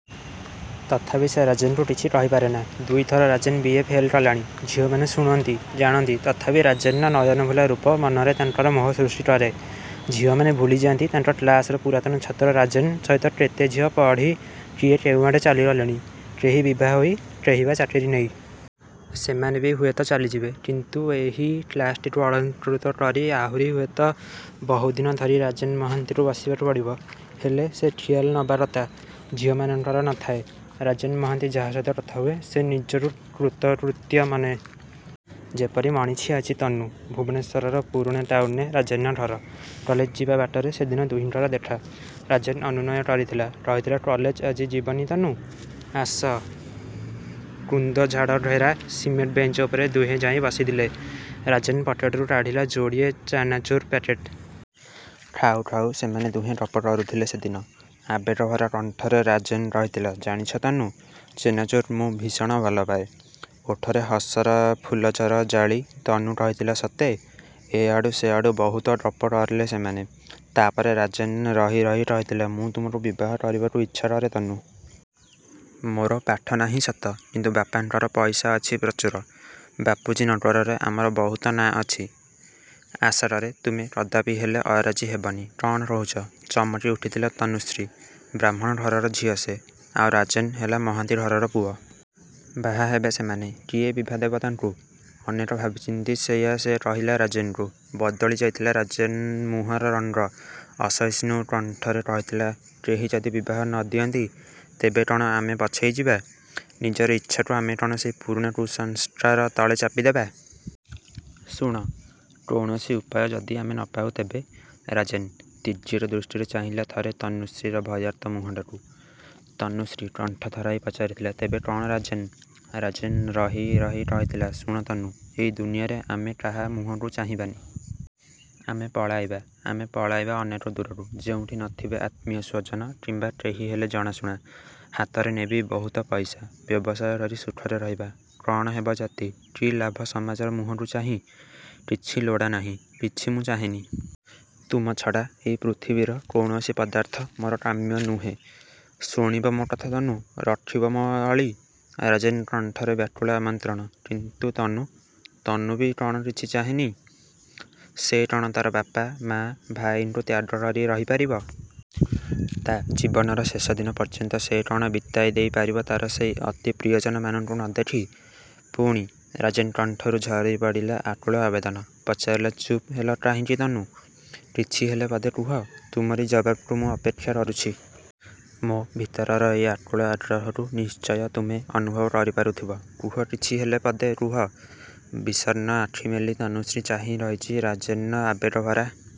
ତଥାପି ସେ ରାଜେନ୍ କୁ କିଛି କହିପାରେନା। ଦୁଇଥର ରାଜେନ୍ ବି. ଏ ଫେଲ୍ କଲାଣି। ଝିଅମାନେ ଶୁଣନ୍ତି, ଜାଣନ୍ତି ତଥାପି ରାଜେନର ନୟନଭୁଲା ରୂପ ମନରେ ତାଙ୍କର ମୋହ ସୃଷ୍ଟି କରେ। ଝିଅମାନେ ଭୁଲିଯାଆନ୍ତି ତାଙ୍କ କ୍ଲାସର ପୁରାତନ ଛାତ୍ର ରାଜେନ୍ ସହିତ କେତେ ଝିଅ ପଢ଼ି କିଏ କେଉଁଆଡ଼େ ଚାଲି ଗଲେଣି, କେହି ବିଭା ହୋଇ, କେହିବା ଚାକିରି ନେଇ। ସେମାନେ ବି ହୁଏତ ଚାଲିଯିବେ, କିନ୍ତୁ ଏହି କ୍ଲାସଟିକୁ ଅଳଙ୍କୃତ କରି ଆହୁରି ହୁଏତ ବହୁଦିନ ଧରି ରାଜେନ୍ ମହାନ୍ତିରୁ ବସିବାକୁ ପଡ଼ିବ। ହେଲେ ସେ ଖିଆଲ ନବାଗତା। ଝିଅମାନଙ୍କର ନ ଥାଏ। ରାଜେନ୍ ମହାନ୍ତି ଯାହା ସହିତ କଥା ହୁଏ। ସେ ନିଜରୁ କୃତ୍ୟକୃତ୍ୟ ମନେ । ଯେପରି ମଣିଛି ଆଜି ତନୁ। ଭୁବନେଶ୍ୱରର ପୁରୁଣା ଟାଉନରେ ରାଜେନ୍ ର ଘର। କଲେଜ ଯିବା ବାଟରେ ସେଦିନ ଦୁହିଁଙ୍କର ଦେଖା। ରାଜେନ୍ ଅନୁନୟ କରିଥିଲା, କହିଥିଲା କଲେଜ ଆଜି ଯିବାନି ତନୁ। ଆସ, କୁନ୍ଦଝାଡ଼ଘେରା ସିମେଣ୍ଟ ବେଞ୍ଚ ଉପରେ ଦୁହେଁଯାଇ ବସିଥିଲେ। ରାଜେନ୍ ପକେଟରୁ କାଢ଼ିଲା ଯୋଡ଼ିଏ ଚାନାଚୂର ପ୍ୟାକେଟ୍। ଖାଉ ଖାଉ ସେମାନେ ଦୁହେଁ ଗପ କରୁଥିଲେ ସେଦିନ। ଆବେଗଭରା କଣ୍ଠରେ ରାଜେନ୍ କହିଥିଲା ଜାଣିଛ ତନୁ, ଚେନାଚୁର୍ ମୁଁ ଭୀଷଣ ଭଲପାଏ। ଓଠରେ ହସର ଫୁଲଝର ଜାଳି ତନୁ କହିଥିଲା ସତେ! ଏଆଡ଼ୁ ସେଆଡ଼ୁ ବହୁତ ଗପ କଲେ ସେମାନେ। ତା'ପରେ ରାଜେନ୍ ରହି ରହି କହିଥିଲା ମୁଁ ତୁମକୁ ବିବାହ କରିବାକୁ ଇଚ୍ଛାକରେ ତନୁ। ମୋର ପାଠନାହିଁ ସତ, କିନ୍ତୁ ବାପାଙ୍କର ପଇସା ଅଛି ପ୍ରଚୁର। ବାପୁଜୀ ନଗରରେ ଆମର ବହୁତ ନାଁ ଅଛି। ଆଶାକରେ ତୁମେ କଦାପି ହେଲେ ଅରାଜି ହେବନି। କ'ଣ କହୁଛ? ଚମକିଉଠିଥିଲା ତନୁଶ୍ରୀ। ବ୍ରାହ୍ମଣ ଘରର ଝିଅ ସେ! ଆଉ ରାଜେନ୍ ହେଲା ମହାନ୍ତି ଘରର ପୁଅ। ବାହାହେବେ ସେମାନେ! କିଏ ବିଭା ଦେବ ତାଙ୍କୁ? ଅନେକ ଭାବିଚିନ୍ତି ସେଇଆ ସେ କହିଲା ରାଜେନ୍ କୁ। ବଦଳି ଯାଇଥିଲା ରାଜେନ୍ ମୁହଁର ରଙ୍ଗ ଅସହିଷ୍ଣୁ କଣ୍ଠରେ କହିଥିଲା କେହି ଯଦି ବିବାହ ନ ଦିଅନ୍ତି, ତେବେ କ'ଣ ଆମେ ପଛେଇଯିବା? ନିଜର ଇଚ୍ଛାକୁ ଆମେ କ'ଣ ସେଇ ପୁରୁଣା କୁସଂସ୍କାର ତଳେ ଚାପିଦେବା? ଶୁଣ, କୌଣସି ଉପାୟ ଯଦି ଆମେ ନପାଉ ତେବେ। ରାଜେନ୍ ତୀର୍ଯ୍ୟକ ଦୃଷ୍ଟିରେ ଚାହିଁଲା ଥରେ ତନୁଶ୍ରୀର ଭୟାର୍ତ୍ତ ମୁହଁଟାକୁ। ତନୁଶ୍ରୀ କଣ୍ଠ ଥରାଇ ପଚାରିଥିଲା କ'ଣ ତେବେ ରାଜେନ୍? ରାଜେନ୍ ରହି ରହି କହିଥିଲା ଶୁଣ ତନୁ, ଏଇ ଦୁନିଆରେ ଆମେ କାହା ମୁହଁକୁ ଚାହିଁବାନି। ଆମେ ପଳାଇବା। ଆମେ ପଳାଇବା ଅନେକ ଦୂରକୁ। ଯେଉଁଠି ନଥିବେ ଆତ୍ମୀୟସ୍ୱଜନ କିମ୍ୱା କେହିହେଲେ ଜଣାଶୁଣା। ହାତରେ ନେବି ବହୁତ ପଇସା। ବ୍ୟବସାୟ କରି ସୁଖରେ ରହିବା। କ'ଣ ହେବ ଜାତି, କି ଲାଭ ସମାଜର ମୁହଁକୁ ଚାହିଁ। କିଛି ଲୋଡ଼ାନାହିଁ। କିଛି ମୁଁ ଚାହେଁନି। ତୁମ ଛଡ଼ା ଏଇ ପୃଥିବୀର କୌଣସି ପଦାର୍ଥ ମୋର କାମ୍ୟ ନୁହେଁ। ଶୁଣିବ ମୋ କଥା ତନୁ? ରଖିବ ମୋ ଅଳି? ରାଜେନ୍ କଣ୍ଠରେ ବ୍ୟାକୁଳ ଆମନ୍ତ୍ରଣ। କିନ୍ତୁ ତନୁ? ତନୁ ବି କ'ଣ କିଛି ଚାହେଁନି? ସେ କ'ଣ ତା'ର ବାପା, ମାଆ. ଭାଇଙ୍କୁ ତ୍ୟାଗକରି ରହିପାରିବ? ତା' ଜୀବନର ଶେଷଦିନ ପର୍ଯ୍ୟନ୍ତ ସେ କ'ଣ ବିତାଇ ଦେଇପାରିବ ତା'ର ସେଇ ଅତି ପ୍ରିୟଜନମାନଙ୍କୁ ନ ଦେଖି? ପୁଣି ରାଜେନ୍ କଣ୍ଠରୁ ଝରିପଡ଼ିଲା ଆକୁଳ ଆବେଦନ। ପଚାରିଲା ଚୁପ୍ ହେଲ କାହିଁକି ତନୁ? କିଛିହେଲେ ପଦେ କୁହ। ତୁମରି ଜବାବ୍ କୁ ମୁଁ ଅପେକ୍ଷା କରୁଛି। ମୋ ଭିତରର ଏଇ ଆକୁଳ ଆଗ୍ରହକୁ ନିଶ୍ଚୟ ତୁମେ ଅନୁଭବ କରିପାରୁଥିବ। କୁହ କିଛି ହେଲେ ପଦେ କୁହ! ବିଷନ୍ନ ଆଖି ମେଲି ତନୁଶ୍ରୀ ଚାହିଁ ରହିଛି ରାଜେନ୍ ର ଆବେଗଭରା